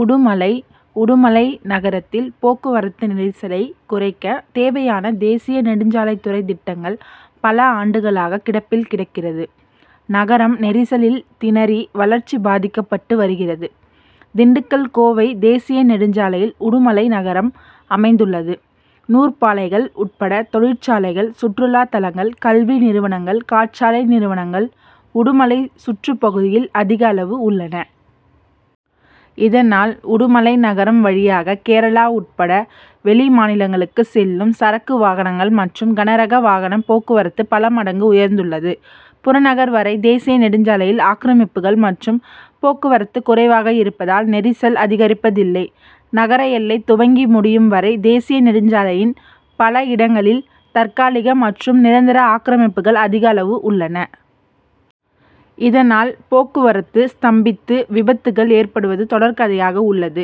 உடுமலை உடுமலை நகரத்தில் போக்குவரத்து நெரிசலை குறைக்க தேவையான தேசிய நெடுஞ்சாலைத்துறை திட்டங்கள் பல ஆண்டுகளாக கிடப்பில் கிடக்கிறது. நகரம் நெரிசலில் திணறி வளர்ச்சி பாதிக்கப்பட்டு வருகிறது. திண்டுக்கல்- கோவை தேசிய நெடுஞ்சாலையில் உடுமலை நகரம் அமைந்துள்ளது. நூற்பாலைகள் உட்பட தொழிற் சாலைகள், சுற்றுலா தலங்கள், கல்வி நிறுவனங்கள், காற்றாலை நிறுவனங்கள் உடுமலை சுற்றுப்பகுதியில் அதிகளவு உள்ளன. இதனால், உடுமலை நகரம் வழியாக கேரளா உட்பட வெளிமாநிலங்களுக்கு செல்லும் சரக்கு வாகனங்கள் மற்றும், கனரகவாகன போக்குவரத்து பல மடங்கு உயர்ந்துள்ளது. புறநகர் வரை தேசிய நெடுஞ்சாலையில் ஆக்கிரமிப்புகள் மற்றும் போக்குவரத்து குறைவாக இருப்பதால் நெரிசல் அதிகரிப்பதில்லை. நகர எல்லை துவங்கி முடியும் வரை தேசிய நெடுஞ்சாலையின் பல இடங்களில் தற்காலிக மற்றும் நிரந்தர ஆக்கிரமிப்புகள் அதிகளவு உள்ளன. இதனால், போக்குவரத்து ஸ்தம்பித்து விபத்துகள் ஏற்படுவது தொடர்கதையாக உள்ளது.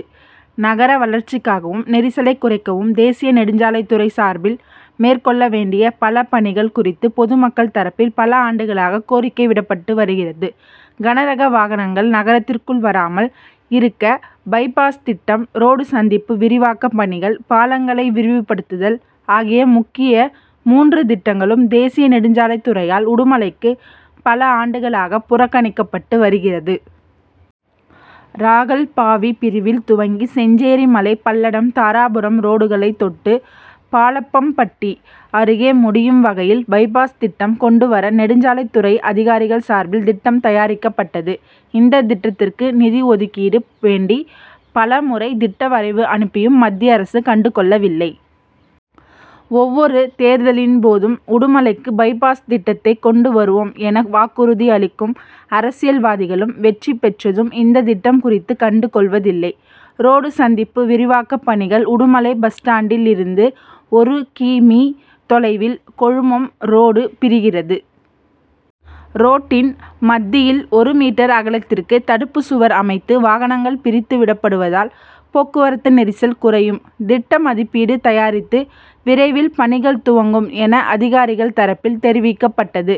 நகர வளர்ச்சிக்காகவும், நெரிசலை குறைக் கவும் தேசிய நெடுஞ்சாலைத்துறை சார்பில் மேற்கொள்ள வேண்டிய பல பணிகள் குறித்து பொதுமக்கள் தரப்பில் பல ஆண்டுகளாக கோரிக்கை விடப்பட்டு வருகிறது. கனரக வாகனங்கள் நகரத்திற்குள் வராமல் இருக்க பை-பாஸ் திட்டம், ரோடு சந்திப்பு விரிவாக்க பணிகள், பாலங்களை விரிவுபடுத்துதல் ஆகிய முக்கிய மூன்று திட்டங்களும் தேசிய நெடுஞ்சாலைத்துறையால் உடுமலைக்கு பல ஆண்டுகளாக புறக்கணிக்கப்பட்டு வருகிறது. ராகல்பாவி பிரிவில் துவங்கி செஞ்சேரிமலை, பல்லடம், தாராபுரம் ரோடுகளை தொட்டு பாலப்பம்பட்டி அருகே முடியும் வகையில் பை-பாஸ் திட்டம் கொண்டு வர நெடுஞ் சாலைத்துறை அதிகாரிகள் சார்பில் திட்டம் தயாரிக்கப்பட்டது. இந்த திட்டத்திற்கு நிதி ஒதுக்கீடு வேண்டி பல முறை திட்ட வரைவு அனுப்பியும் மத்திய அரசு கண்டுகொள்ள வில்லை. ஒவ்வொரு தேர்தலின் போதும் உடுமலைக்கு பை-பாஸ் திட்டத்தை கொண்டு வருவோம் என வாக்குறுதி அளிக்கும் அரசியல்வாதிகளும் வெற்றி பெற்றதும் இந்த திட்டம் குறித்து கண்டுகொள்வதில்லை. ரோடு சந்திப்பு விரிவாக்க பணிகள் உடுமலை பஸ் ஸ்டாண்டில் இருந்து ஒரு கி. மீ., தொலைவில் கொழுமம் ரோடு பிரிகிறது. ரோட்டின் மத்தியில் ஒரு மீட்டர் அகலத்திற்கு தடுப்பு சுவர் அமைத்து வாகனங்கள் பிரித்து விடப்படுவதால் போக்குவரத்து நெரிசல் குறையும்; திட்டமதிப்பீடு தயாரித்து விரைவில் பணிகள் துவங்கும் என அதிகாரிகள் தரப்பில் தெரிவிக்கப்பட்டது.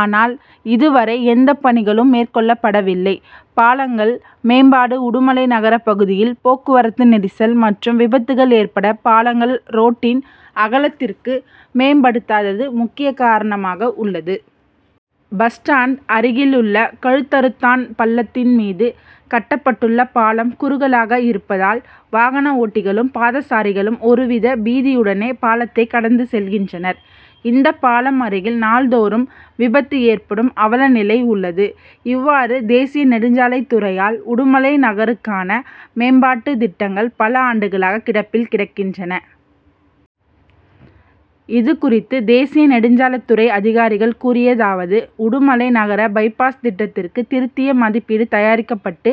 ஆனால், இதுவரை எந்த பணிகளும் மேற்கொள்ளப்படவில்லை. பாலங்கள் மேம்பாடு உடுமலை நகரப்பகுதியில் போக்குவரத்து நெரிசல் மற்றும் விபத்துகள் ஏற்பட பாலங்கள் ரோட்டின் அகலத்திற்கு மேம்படுத்தாதது முக்கிய காரணமாக உள்ளது. பஸ் ஸ்டாண்ட் அருகிலுள்ள கழுத்தறுத்தான் பள்ளத்தின் மீது கட்டப்படுள்ள பாலம் குறுகலாக இருப்பதால் வாகன ஓட்டிகளும், பாதசாரிகளும் ஒரு வித பீதியுடனே பாலத்தை கடந்து செல்கின்றனர். இந்த பாலம் அருகில் நாள்தோறும் விபத்து ஏற்படும் அவல நிலை உள்ளது. இவ்வாறு தேசிய நெடுஞ்சாலைத்துறையால் உடுமலை நகருக்கான மேம்பாட்டு திட்டங்கள் பல ஆண்டுகளாக கிடப்பில் கிடக்கின்றன. இது குறித்து தேசிய நெடுஞ்சாலைத்துறை அதிகாரிகள் கூறியதாவது உடுமலை நகர பை-பாஸ் திட்டத்திற்கு திருத்திய மதிப்பீடு தயாரிக்கப்பட்டு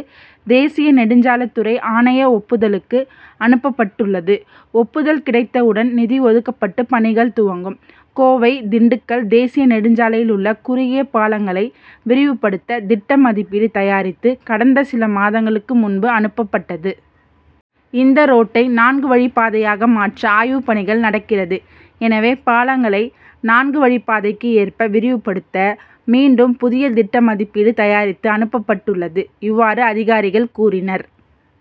தேசிய நெடுஞ்சாலைத்துறை ஆணைய ஒப்புதலுக்கு அனுப்பப்பட்டுள்ளது. ஒப்புதல் கிடைத்தவுடன் நிதி ஒதுக்கப்பட்டு பணிகள் துவங்கும். கோவை-திண்டுக்கல் தேசிய நெடுஞ்சாலையிலுள்ள குறுகிய பாலங்களை விரிவுபடுத்த திட்ட மதிப்பீடு தயாரித்து கடந்த சில மாதங்களுக்கு முன்பு அனுப்பப்பட்டது. இந்த ரோட்டை நான்கு வழிப்பாதையாக மாற்ற ஆய்வு பணிகள் நடக்கிறது. எனவே பாலங்களை நான்கு வழிப்பாதைக்கு ஏற்ப விரிவுபடுத்த மீண்டும் புதிய திட்ட மதிப்பீடு தயாரித்து அனுப்பப் பட்டுள்ளது. இவ்வாறு அதிகாரிகள் கூறினர்.